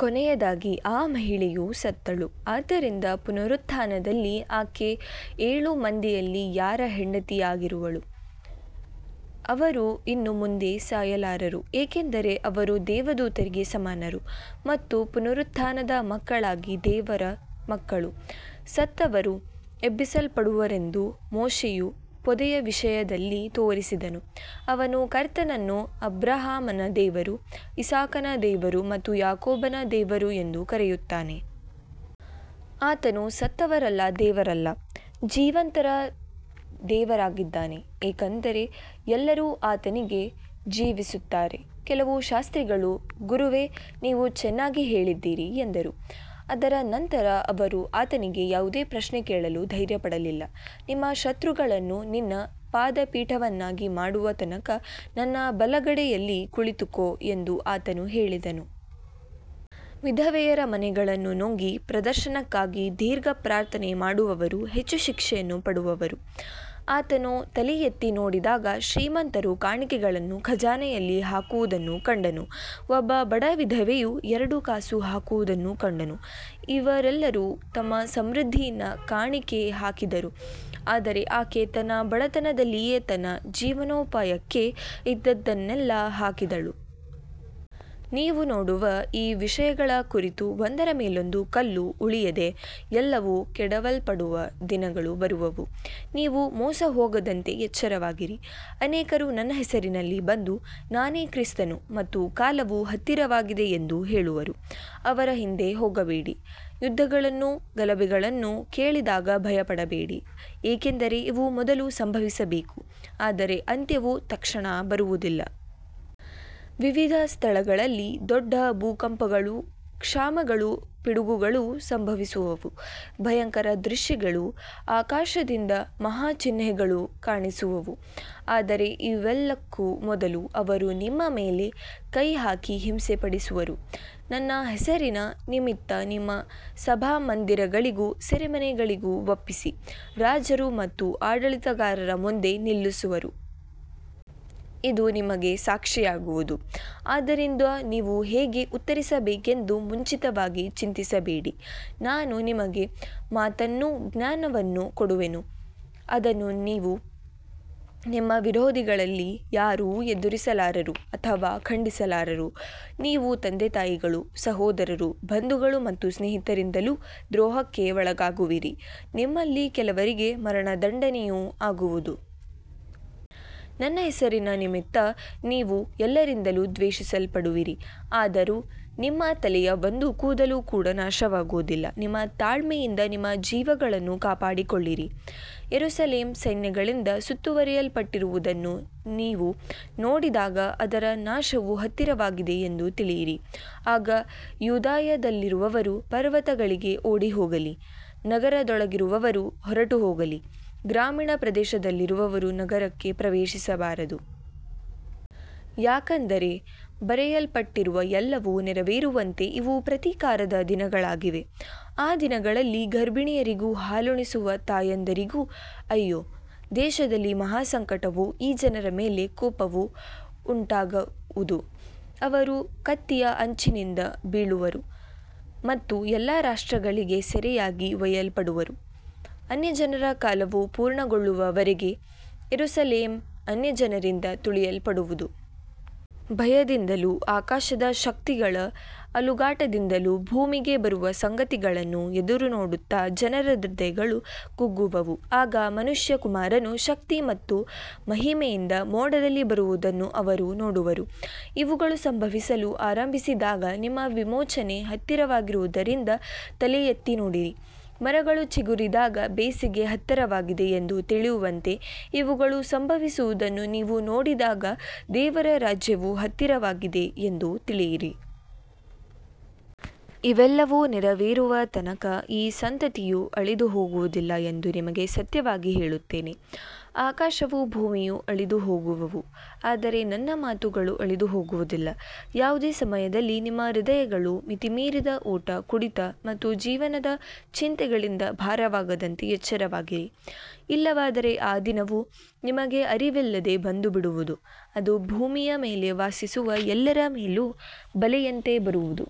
ಕೊನೆಯದಾಗಿ ಆ ಮಹಿಳೆಯೂ ಸತ್ತಳು. ಆದ್ದರಿಂದ ಪುನರುತ್ಥಾನದಲ್ಲಿ ಆಕೆ ಏಳು ಮಂದಿಯಲ್ಲಿ ಯಾರ ಹೆಂಡತಿಯಾಗಿರುವಳು. ಅವರು ಇನ್ನು ಮುಂದೆ ಸಾಯಲಾರರು, ಏಕೆಂದರೆ ಅವರು ದೇವದೂತರಿಗೆ ಸಮಾನರು ಮತ್ತು ಪುನರುತ್ಥಾನದ ಮಕ್ಕಳಾಗಿ ದೇವರ ಮಕ್ಕಳು. ಸತ್ತವರು ಎಬ್ಬಿಸಲ್ಪಡುವರೆಂದು ಮೋಶೆಯು ಪೊದೆಯ ವಿಷಯದಲ್ಲಿ ತೋರಿಸಿದನು. ಅವನು ಕರ್ತನನ್ನು ಅಬ್ರಹಾಮನ ದೇವರು, ಇಸಾಕನ ದೇವರು ಮತ್ತು ಯಾಕೋಬನ ದೇವರು ಎಂದು ಕರೆಯುತ್ತಾನೆ. ಆತನು ಸತ್ತವರ ದೇವರಲ್ಲ, ಜೀವಂತರ ದೇವರಾಗಿದ್ದಾನೆ, ಏಕೆಂದರೆ ಎಲ್ಲರೂ ಆತನಿಗೆ ಜೀವಿಸುತ್ತಾರೆ. ಕೆಲವು ಶಾಸ್ತ್ರಿಗಳು, ಗುರುವೇ, ನೀವು ಚೆನ್ನಾಗಿ ಹೇಳಿದ್ದೀರಿ ಎಂದರು. ಅದರ ನಂತರ ಅವರು ಆತನಿಗೆ ಯಾವುದೇ ಪ್ರಶ್ನೆ ಕೇಳಲು ಧೈರ್ಯಪಡಲಿಲ್ಲ. ನಿಮ್ಮ ಶತ್ರುಗಳನ್ನು ನಿನ್ನ ಪಾದಪೀಠವನ್ನಾಗಿ ಮಾಡುವ ತನಕ ನನ್ನ ಬಲಗಡೆಯಲ್ಲಿ ಕುಳಿತುಕೋ ಎಂದು ಆತನು ಹೇಳಿದನು. ವಿಧವೆಯರ ಮನೆಗಳನ್ನು ನುಂಗಿ ಪ್ರದರ್ಶನಕ್ಕಾಗಿ ದೀರ್ಘ ಪ್ರಾರ್ಥನೆ ಮಾಡುವವರು ಹೆಚ್ಚು ಶಿಕ್ಷೆಯನ್ನು ಪಡೆಯುವರು. ಆತನು ತಲೆಯೆತ್ತಿ ನೋಡಿದಾಗ ಶ್ರೀಮಂತರು ಕಾಣಿಕೆಗಳನ್ನು ಖಜಾನೆಯಲ್ಲಿ ಹಾಕುವುದನ್ನು ಕಂಡನು. ಒಬ್ಬ ಬಡ ವಿಧವೆಯು ಎರಡು ಕಾಸು ಹಾಕುವುದನ್ನೂ ಕಂಡನು. ಇವರೆಲ್ಲರೂ ತಮ್ಮ ಸಮೃದ್ಧಿಯಿಂದ ಕಾಣಿಕೆ ಹಾಕಿದರು, ಆದರೆ ಆಕೆ ತನ್ನ ಬಡತನದಲ್ಲಿಯೇ ತನ್ನ ಜೀವನೋಪಾಯಕ್ಕೆ ಇದ್ದದ್ದನ್ನೆಲ್ಲ ಹಾಕಿದಳು. ನೀವು ನೋಡುವ ಈ ವಿಷಯಗಳ ಕುರಿತು, ಒಂದರ ಮೇಲೊಂದು ಕಲ್ಲು ಉಳಿಯದೆ ಎಲ್ಲವೂ ಕೆಡವಲ್ಪಡುವ ದಿನಗಳು ಬರುವವು. ನೀವು ಮೋಸಹೋಗದಂತೆ ಎಚ್ಚರವಾಗಿರಿ. ಅನೇಕರು ನನ್ನ ಹೆಸರಿನಲ್ಲಿ ಬಂದು, ನಾನೇ ಕ್ರಿಸ್ತನು ಮತ್ತು ಕಾಲವು ಹತ್ತಿರವಾಗಿದೆ ಎಂದು ಹೇಳುವರು. ಅವರ ಹಿಂದೆ ಹೋಗಬೇಡಿ. ಯುದ್ಧಗಳನ್ನೂ ಗಲಭೆಗಳನ್ನೂ ಕೇಳಿದಾಗ ಭಯಪಡಬೇಡಿ, ಏಕೆಂದರೆ ಇವು ಮೊದಲು ಸಂಭವಿಸಬೇಕು, ಆದರೆ ಅಂತ್ಯವು ತಕ್ಷಣ ಬರುವುದಿಲ್ಲ. ವಿವಿಧ ಸ್ಥಳಗಳಲ್ಲಿ ದೊಡ್ಡ ಭೂಕಂಪಗಳೂ ಕ್ಷಾಮಗಳೂ ಪಿಡುಗುಗಳೂ ಸಂಭವಿಸುವವು. ಭಯಂಕರ ದೃಶ್ಯಗಳೂ ಆಕಾಶದಿಂದ ಮಹಾ ಚಿಹ್ನೆಗಳೂ ಕಾಣಿಸುವವು. ಆದರೆ ಇವೆಲ್ಲಕ್ಕೂ ಮೊದಲು ಅವರು ನಿಮ್ಮ ಮೇಲೆ ಕೈಹಾಕಿ ಹಿಂಸೆಪಡಿಸುವರು. ನನ್ನ ಹೆಸರಿನ ನಿಮಿತ್ತ ನಿಮ್ಮನ್ನು ಸಭಾಮಂದಿರಗಳಿಗೂ ಸೆರೆಮನೆಗಳಿಗೂ ಒಪ್ಪಿಸಿ, ರಾಜರು ಮತ್ತು ಆಡಳಿತಗಾರರ ಮುಂದೆ ನಿಲ್ಲಿಸುವರು. ಇದು ನಿಮಗೆ ಸಾಕ್ಷಿಯಾಗುವುದು. ಆದ್ದರಿಂದ ನೀವು ಹೇಗೆ ಉತ್ತರಿಸಬೇಕೆಂದು ಮುಂಚಿತವಾಗಿ ಚಿಂತಿಸಬೇಡಿ. ನಾನು ನಿಮಗೆ ಮಾತನ್ನೂ ಜ್ಞಾನವನ್ನೂ ಕೊಡುವೆನು, ಅದನ್ನು ನಿಮ್ಮ ವಿರೋಧಿಗಳಲ್ಲಿ ಯಾರೂ ಎದುರಿಸಲಾರರು ಅಥವಾ ಖಂಡಿಸಲಾರರು. ನೀವು ತಂದೆತಾಯಿಗಳು, ಸಹೋದರರು, ಬಂಧುಗಳು ಮತ್ತು ಸ್ನೇಹಿತರಿಂದಲೂ ದ್ರೋಹಕ್ಕೆ ಒಳಗಾಗುವಿರಿ. ನಿಮ್ಮಲ್ಲಿ ಕೆಲವರಿಗೆ ಮರಣದಂಡನೆಯೂ ಆಗುವುದು. ನನ್ನ ಹೆಸರಿನ ನಿಮಿತ್ತ ನೀವು ಎಲ್ಲರಿಂದಲೂ ದ್ವೇಷಿಸಲ್ಪಡುವಿರಿ. ಆದರೂ ನಿಮ್ಮ ತಲೆಯ ಒಂದು ಕೂದಲು ಕೂಡ ನಾಶವಾಗುವುದಿಲ್ಲ. ನಿಮ್ಮ ತಾಳ್ಮೆಯಿಂದ ನಿಮ್ಮ ಜೀವಗಳನ್ನು ಕಾಪಾಡಿಕೊಳ್ಳಿರಿ. ಯೆರೂಸಲೇಮ್ ಸೈನ್ಯಗಳಿಂದ ಸುತ್ತುವರಿಯಲ್ಪಟ್ಟಿರುವುದನ್ನು ನೀವು ನೋಡಿದಾಗ ಅದರ ನಾಶವು ಹತ್ತಿರವಾಗಿದೆ ಎಂದು ತಿಳಿಯಿರಿ. ಆಗ ಯೂದಾಯದಲ್ಲಿರುವವರು ಪರ್ವತಗಳಿಗೆ ಓಡಿಹೋಗಲಿ, ನಗರದೊಳಗಿರುವವರು ಹೊರಟುಹೋಗಲಿ, ಗ್ರಾಮೀಣ ಪ್ರದೇಶದಲ್ಲಿರುವವರು ನಗರಕ್ಕೆ ಪ್ರವೇಶಿಸಬಾರದು. ಯಾಕಂದರೆ ಬರೆಯಲ್ಪಟ್ಟಿರುವ ಎಲ್ಲವೂ ನೆರವೇರುವಂತೆ ಇವು ಪ್ರತೀಕಾರದ ದಿನಗಳಾಗಿವೆ. ಆ ದಿನಗಳಲ್ಲಿ ಗರ್ಭಿಣಿಯರಿಗೂ ಹಾಲುಣಿಸುವ ತಾಯಂದಿರಿಗೂ ಅಯ್ಯೋ. ದೇಶದಲ್ಲಿ ಮಹಾ ಸಂಕಟವೂ ಈ ಜನರ ಮೇಲೆ ಕೋಪವೂ ಉಂಟಾಗುವುದು. ಅವರು ಕತ್ತಿಯ ಅಂಚಿನಿಂದ ಬೀಳುವರು ಮತ್ತು ಎಲ್ಲಾ ರಾಷ್ಟ್ರಗಳಿಗೆ ಸೆರೆಯಾಗಿ ಒಯ್ಯಲ್ಪಡುವರು. ಅನ್ಯಜನರ ಕಾಲವು ಪೂರ್ಣಗೊಳ್ಳುವವರೆಗೆ ಯೆರೂಸಲೇಮ್ ಅನ್ಯಜನರಿಂದ ತುಳಿಯಲ್ಪಡುವುದು. ಭಯದಿಂದಲೂ ಆಕಾಶದ ಶಕ್ತಿಗಳ ಅಲುಗಾಟದಿಂದಲೂ ಭೂಮಿಗೆ ಬರುವ ಸಂಗತಿಗಳನ್ನು ಎದುರುನೋಡುತ್ತಾ ಜನರ ಹೃದಯಗಳು ಕುಗ್ಗುವವು. ಆಗ ಮನುಷ್ಯಕುಮಾರನು ಶಕ್ತಿ ಮತ್ತು ಮಹಿಮೆಯಿಂದ ಮೋಡದಲ್ಲಿ ಬರುವುದನ್ನು ಅವರು ನೋಡುವರು. ಇವುಗಳು ಸಂಭವಿಸಲು ಆರಂಭಿಸಿದಾಗ ನಿಮ್ಮ ವಿಮೋಚನೆ ಹತ್ತಿರವಾಗಿರುವುದರಿಂದ ತಲೆ ಎತ್ತಿ ನೋಡಿರಿ. ಮರಗಳು ಚಿಗುರಿದಾಗ ಬೇಸಿಗೆ ಹತ್ತಿರವಾಗಿದೆ ಎಂದು ತಿಳಿಯುವಂತೆ, ಇವುಗಳು ಸಂಭವಿಸುವುದನ್ನು ನೀವು ನೋಡಿದಾಗ ದೇವರ ರಾಜ್ಯವು ಹತ್ತಿರವಾಗಿದೆ ಎಂದು ತಿಳಿಯಿರಿ. ಇವೆಲ್ಲವೂ ನೆರವೇರುವ ತನಕ ಈ ಸಂತತಿಯು ಅಳಿದುಹೋಗುವುದಿಲ್ಲ ಎಂದು ನಿಮಗೆ ಸತ್ಯವಾಗಿ ಹೇಳುತ್ತೇನೆ. ಆಕಾಶವೂ ಭೂಮಿಯೂ ಅಳಿದುಹೋಗುವವು, ಆದರೆ ನನ್ನ ಮಾತುಗಳು ಅಳಿದುಹೋಗುವುದಿಲ್ಲ. ಯಾವುದೇ ಸಮಯದಲ್ಲಿ ನಿಮ್ಮ ಹೃದಯಗಳು ಮಿತಿಮೀರಿದ ಊಟ, ಕುಡಿತ ಮತ್ತು ಜೀವನದ ಚಿಂತೆಗಳಿಂದ ಭಾರವಾಗದಂತೆ ಎಚ್ಚರವಾಗಿರಿ. ಇಲ್ಲವಾದರೆ ಆ ದಿನವು ನಿಮಗೆ ಅರಿವಿಲ್ಲದೆ ಬಂದುಬಿಡುವುದು. ಅದು ಭೂಮಿಯ ಮೇಲೆ ವಾಸಿಸುವ ಎಲ್ಲರ ಮೇಲೂ ಬಲೆಯಂತೆ ಬರುವುದು.